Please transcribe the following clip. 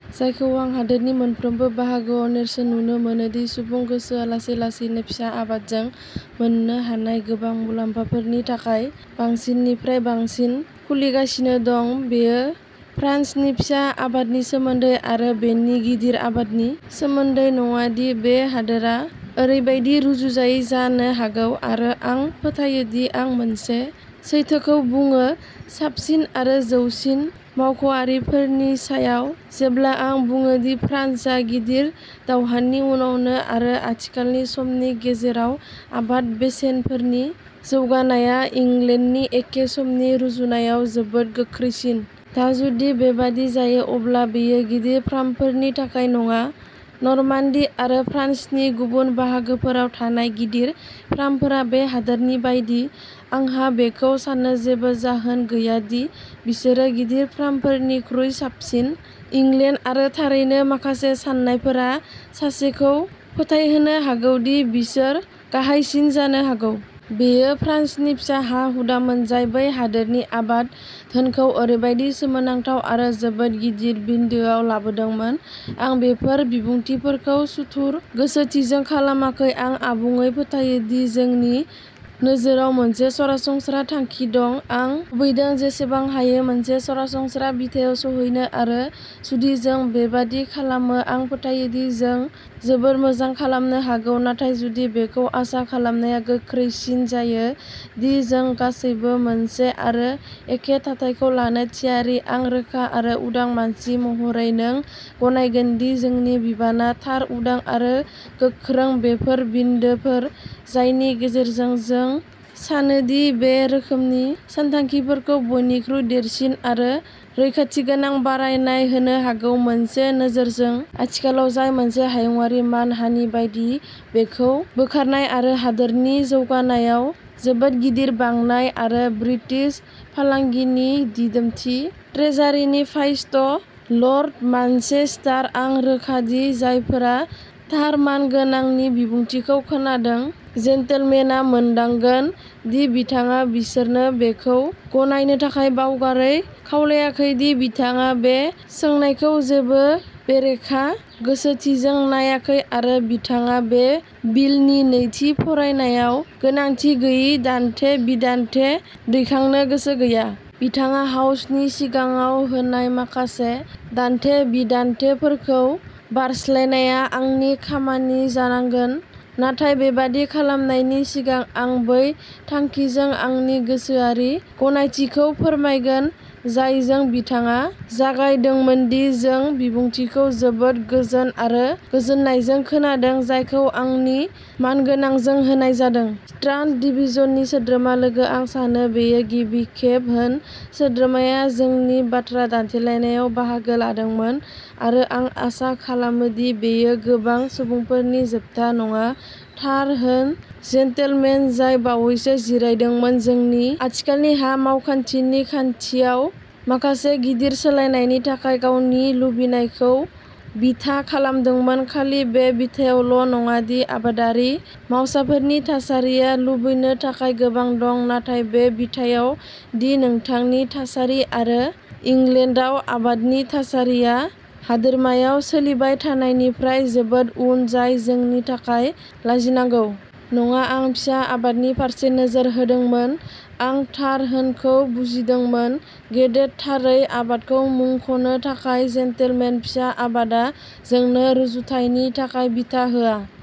जायखौ आं हादोरनि मोनफ्रोमबो बाहागोआव नेरसोन नुनो मोनो दि सुबुं गोसोआ लासै लासैनो फिसा आबादजों मोननो हानाय गोबां मुलाम्फाफोरनि थाखाय बांसिननिफ्राय बांसिन खुलिगासिनो दं। बेयो फ्रान्सनि फिसा आबादनि सोमोन्दै आरो बेनि गिदिर आबादनि सोमोन्दै नङा, दि बे हादरा ओरैबायदि रुजुजायै जानो हागौ आरो आं फोथायो दि आं मोनसे सैथोखौ बुङो, साबसिन आरो जौसिन मावख'आरिफोरनि सायाव, जेब्ला आं बुङो दि फ्रान्सआव, गिदिर दावहानि उनावनो आरो आथिखालनि समनि गेजेराव आबाद बेसेनफोरनि जौगानाया इंलेन्डनि एखे समनि रुजुनायाव जोबोद गोख्रैसिन। दा, जुदि बेबादि जायो, अब्ला बेयो गिदिर फार्मफोरनि थाखाय नङा। नर्मान्डी आरो फ्रान्सनि गुबुन बाहागोफोराव थानाय गिदिर फार्मफोरा बे हादोरनि बायदि। आंहा बेखौ सान्नो जेबो जाहोन गैया दि बिसोरो गिदिर फार्मफोरनिख्रुइ साबसिन। इंलेन्ड आरो थारैनो माखासे सान्नायफोरा सासेखौ फोथायहोनो हागौ दि बिसोर गाहायसिन जानो हागौ। बेयो फ्रान्सनि फिसा हा-हुदामोन जाय बै हादोरनि आबाद धोनखौ ओरैबायदि सोमोनांथाव आरो जोबोद गिदिर बिन्दोआव लाबोदोंमोन। आं बेफोर बिबुंथिफोरखौ सुथुर गोसोथिजों खालामाखै। आं आबुङै फोथायो दि जोंनि नोजोराव मोनसे सरासनस्रा थांखि दं। आं लुबैदों जेसेबां हायो मोनसे सरासनस्रा बिथायाव सौहैनो आरो जुदि जों बेबादि खालामो आं फोथायो दि जों जोबोद मोजां खालामनो हागौ; नाथाय जुदि बेखौ आसा खालामनाया गोख्रैसिन जायो दि जों गासैबो मोनसे आरो एखे थाथायखौ लानो थियारि, आं रोखा आरो उदां मानसि महरै नों गनायगोनदि जोंनि बिबानआ थार, उदां आरो गोख्रों बैफोर बिन्दोफोर जायनि गेजेरजों जों सानो दि बे रोखोमनि सानथांखिखौ बयनिख्रुइ देरसिन आरो रैखाथिगोनां बारायनाय होनो हागौ, मोनसे नोजोरजों। आथिखालाव जाय मोनसे हायुंआरि मानहानि बायदि बेखौ बोखारनाय आरो हादोरनि जौगानायाव जोबोद गिदिर बांनाय आरो ब्रिटिश फालांगिनि दिदोमथि। ट्रेजारि नि फाइस्ट लर्ड मानचेस्टार, आं रोखा दि जायफोरा थार मानगोनां नि बिबुंथिखौ खोनादों। जेन्टलमेनआ मोनदांगोन दि बिथाङा बिसोरनो बेखौ गनायनो थाखाय बावगारै खावलायाखै दि बिथाङा बे सोंनायखौ जेबो बेरेखा गोसोथिजों नायाखै, आरो बिथाङा बे बिलनि नैथि फरायनायाव गोनांथि गैयै दान्थे-बिदान्थे दैखांनो गोसो गैया। बिथाङा हाउसनि सिगाङाव होनाय माखासे दान्थे-बिदान्थेफोरखौ बारस्लायनाया आंनि खामानि जानांगोन; नाथाय बेबादि खालामनायनि सिगां, आं बै थांखिजों आंनि गोसोआरि गनायथिखौ फोरमायगोन जायजों बिथाङा जागायदोंमोनदि जों बिबुंथिखौ जोबोद गोजोन आरो गोजोननायजों खोनादों। जायखौ आंनि मानगोनांजों होनाय जादोंमोन। स्ट्रान्ड डिभिज'ननि सोद्रोमा लोगो। आं सानो बेयो गिबि खेब होन. सोद्रोमाया जोंनि बाथ्रा दान्थेलायनायाव बाहागो लादोंमोन, आरो आं आसा खालामो दि बेयो गोबां सुबुंफोरनि जोबथा नङा। थार होन जेन्टलमेन, जाय बावैसो जिरायदोंमोन, जोंनि आथिखालनि हा मावखान्थिनि खान्थियाव माखासे गिदिर सोलायनायनि थाखाय गावनि लुबैनायखौ बिथा खालामदोंमोन, खालि बे बिथायावल' नङा दि आबादारि मावसाफोरनि थासारिया लुबैनो थाखाय गोबां दं, नाथाय बे बिथायाव दि बिथांनि थासारि आरो इंलेन्डआव आबादनि थासारिया हादोरमायाव सोलिबाय थानायनिफ्राय जोबोद उन, जाय जोंनि थाखाय लाजिनांगौ। नङा आं फिसा आबादनि फारसे नोजोर होदोंमोन। आं थार होनखौ बुजिदोंमोन। गेदेरथारै आबादखौ मुंख'नो थाखाय जेनटलमेन। फिसा आबादा जोंनो रुजुथायनि थाखाय बिथा होआ।